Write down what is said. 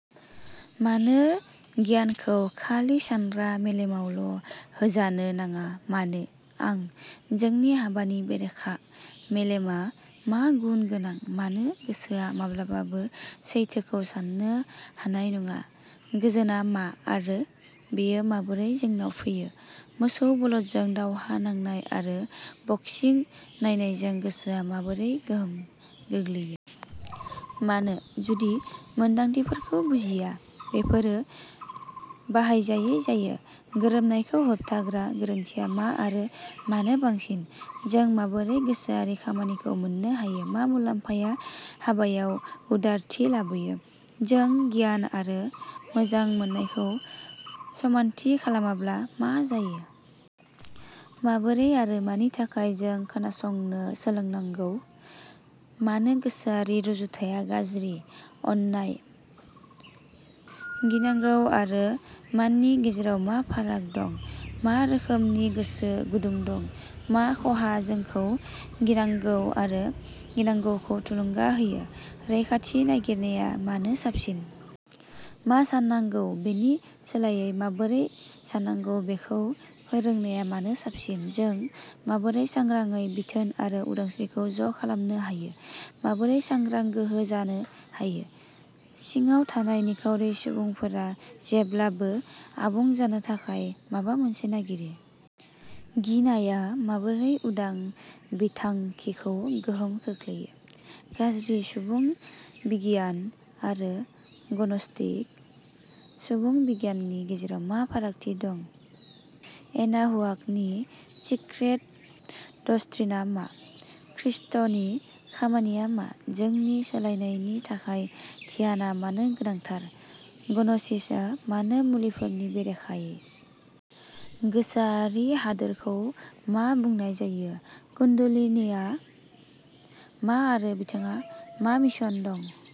मानो गियानखौ खालि सानग्रा मेलेमावल'होजानो नाङा? मानो? आं? जोंनि हाबानि बेरेखा? मेलेमआ मा गुन गोनां? मानो गोसोआ माब्लाबाबो सैथोखौ साननो हानाय नङा? गोजोनआ मा आरो बेयो माबोरै जोंनाव फैयो? मोसौ बलदजों दावहा नांनाय आरो बक्सिं नायनायजों गोसोआ माबोरै गोहोम गोग्लैयो? मानो, जुदि मोन्दांथिफोरखौ बुजिया, बेफोरो बाहायजायै जायो? गोरोबनायखौ होबथाग्रा गोरोन्थिआ मा आरो मानो बांसिन? जों माबोरै गोसोआरि खामानिखौ मोन्नो हायो? मा मुलाम्फाया हाबायाव उदारथि लाबोयो? जों गियान आरो मोजां मोननायखौ समानथि खालामाब्ला मा जायो? माबोरै आरो मानि थाखाय जों खोनासंनो सोलोंनांगौ? मानो गोसोआरि रुजुथाया गाज्रि? अननाय, गिनांगौ आरो माननि गेजेराव मा फाराग दं? मा रोखोमनि गोसो गुदुं दं? मा खहाआ जोंखौ गिनांगौ आरो गिनांगौखौ थुलुंगा होयो? रैखाथि नागिरनाया मानो साबसिन? मा साननांगौ बेनि सोलायै माबोरै साननांगौ बेखौ फोरोंनाया मानो साबसिन? जों माबोरै सांग्रांयै बिथोन आरो उदांस्रिखौ ज'खालामनो हायो? माबोरै सांग्रां गोहो जानो हायो? सिङाव थानाय निखावरि सुबुंफोरा जेब्लाबो आबुं जानो थाखाय माबा मोनसे नागिरो। गिनाया माबोरै उदां बिथांखिखौ गोहोम खोख्लैयो? गाज्रि सुबुं बिगियान आरो ग'नस्टिक सुबुं बिगियाननि गेजेराव मा फारागथि दं? एनाहुआकनि सिक्रेट डक्ट्रिनआ मा? खृष्टनि खामानिया मा? जोंनि सोलायनायनि थाखाय ध्यानआ मानो गोनांथार? ग'न'सिसआ मानो मुलिफोरनि बेरेखायै? गोसोआरि हादोरखौ मा बुंनाय जायो? कुण्डलिनीआ मा आरो बिथांहा मा मिशन दं?